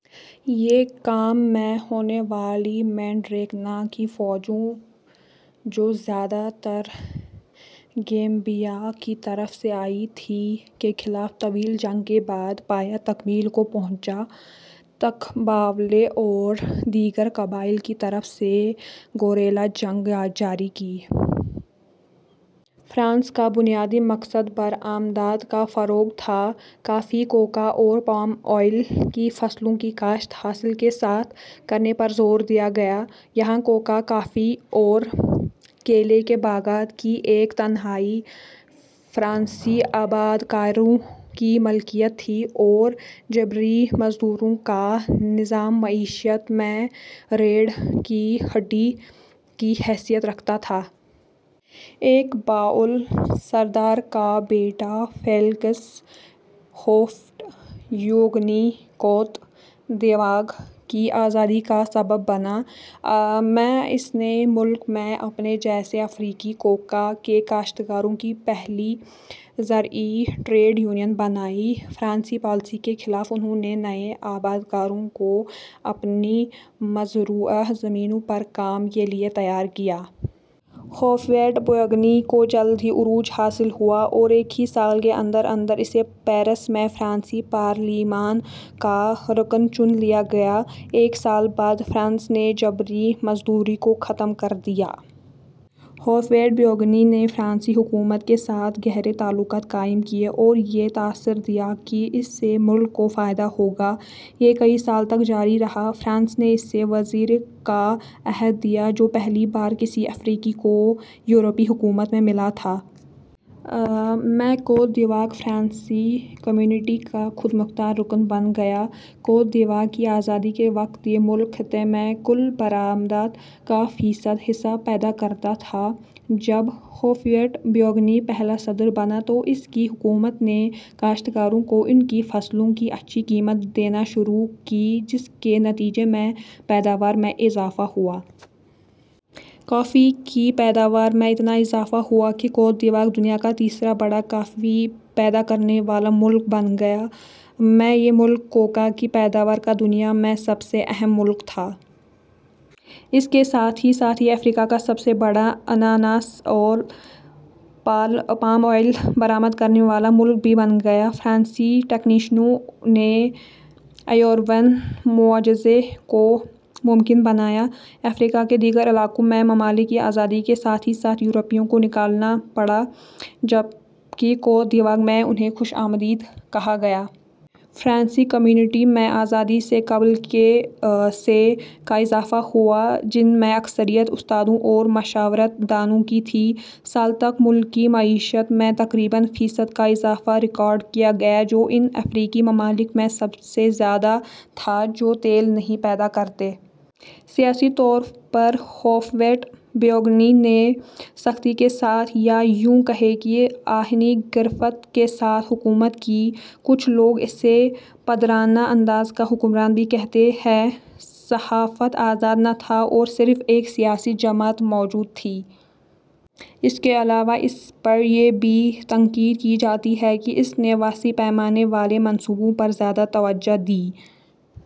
یہ کام ء میں ہونے والی مینڈرینکا کی فوجوں جو زیادہ تر گیمبیا کی طرف سے آئی تھیں، کے خلاف طویل جنگ کے بعد پایہ تکمیل کو پہنچا۔ ء تک باولے اور دیگر قبائل کی طرف سے گوریلا جنگ جاری رہی۔ فرانس کا بنیادی مقصد برآمدات کا فروغ تھا۔ کافی، کوکا اور پام آئل کی فصلوں کی کاشت ساحل کے ساتھ کرنے پر زور دیا گیا۔ یہاں کوکا، کافی اور کیلے کے باغات کی ایک تہائی فرانسیسی آبادکاروں کی ملکیت تھی اور جبری مزدوری کا نظام معیشت میں ریڑھ کی ہڈی کی حیثیت رکھتا تھا۔ ایک باؤل سردار کا بیٹافیلکس ہوفویٹ-بوئیگنی کوت دیواغ کی آزادی کا سبب بنا۔ ء میں اس نے ملک میں اپنے جیسے افریقی کوکا کے کاشتکاروں کی کی پہلی زرعی ٹریڈ یونین بنائی۔ فرانسیسی پالیسی کے خلاف انھوں نے نئے آبادکاروں کو اپنی مزروعہ زمینوں پر کام کے لیے تیار کیا۔ ہوفویٹ-بوئیگنی کو جلد ہی عروج حاصل ہوا اور ایک ہی سال کے اندر اندر اسے پیرس میں فرانسیسی پارلیمان کا رکن چن لیا گیا۔ ایک سال بعد فرانس نے جبری مزدوری کو ختم کر دیا۔ ہوفویٹ-بوئیگنی نے فرانسیسی حکومت کے ساتھ گہرے تعلقات قائم کیے اور یہ تائثر دیا کہ اس سے ملک کو فائدہ ہوگا۔ یہ کئی سال تک جاری رہا۔ فرانس نے اسے وزیر کا عہدہ دیا جو پہلی بار کسی افریقی کو یورپی حکومت میں ملا تھا۔ ء میں کوت دیواغ فرانسیسی کمیونٹی کا خود مختار رکن بن گیا۔ کوت دیواغ کی آزادی کے وقت یہ ملک خطے میں کل برآمدات کا فیصد حصہ پیدا کرتا تھا۔ جب ہوفویٹ-بوئیگنی پہلا صدر بنا تو اس کی حکومت نے کاشتکاروں کو ان کی فصلوں کی اچھی قیمت دینا شروع کی جس کے نتیجے میں پیداوار میں اضافہ ہوا۔ کافی کی پیداوار میں اتنا اضافہ ہوا کہ کوت دیواغ دنیا کا تیسرا بڑا کافی پیدا کرنے والا ملک بن گیا۔ ء میں یہ ملک کوکا کی پیدوار کا دنیا میں سب سے اہم ملک تھا۔ اس کے ساتھ ہی ساتھ یہ افریقہ کا سب سے بڑا انناناس اور پال آئل برآمد کرنے والا ملک بھی بن گیا۔ فرانسیسی ٹیکنیشنوں نے آئیورین معجزے کو ممکن بنایا۔ افریقہ کے دیگر علاقوں میں ممالک کی آزادی کے ساتھ ہی ساتھ یورپیوں کو نکلنا پڑا جبکہ کوت دیواغ میں انھیں خوش آمدید کہا گیا۔ فرانسیسی کمیونٹی میں آزادی سے قبل کے سے کا اضافہ ہوا جن میں اکثریت استادوں اور مشاورت دانوں کی تھی۔ سال تک ملکی معیشت میں تقریباً فیصد کا اضافہ ریکارڈ کیا گیا جو ان افریقی ممالک میں سب سے زیادہ تھا جو تیل نہیں پیدا کرتے۔ سیاسی طور پر ہوفویٹ-بوئیگنی نے سختی کے ساتھ یا یوں کہیں کہ آہنی گرفت کے ساتھ حکومت کی۔ کچھ لوگ اسے پدرانہ انداز کا حکمران بھی کہتے ہیں۔ صحافت آزاد نہ تھی اور صرف ایک سیاسی جماعت موجود تھی۔ اس کے علاوہ اس پر یہ بھی تنقید کی جاتی ہے کہ اس نے وسیع پیمانے والے منصوبوں پر زیادہ توجہ دی۔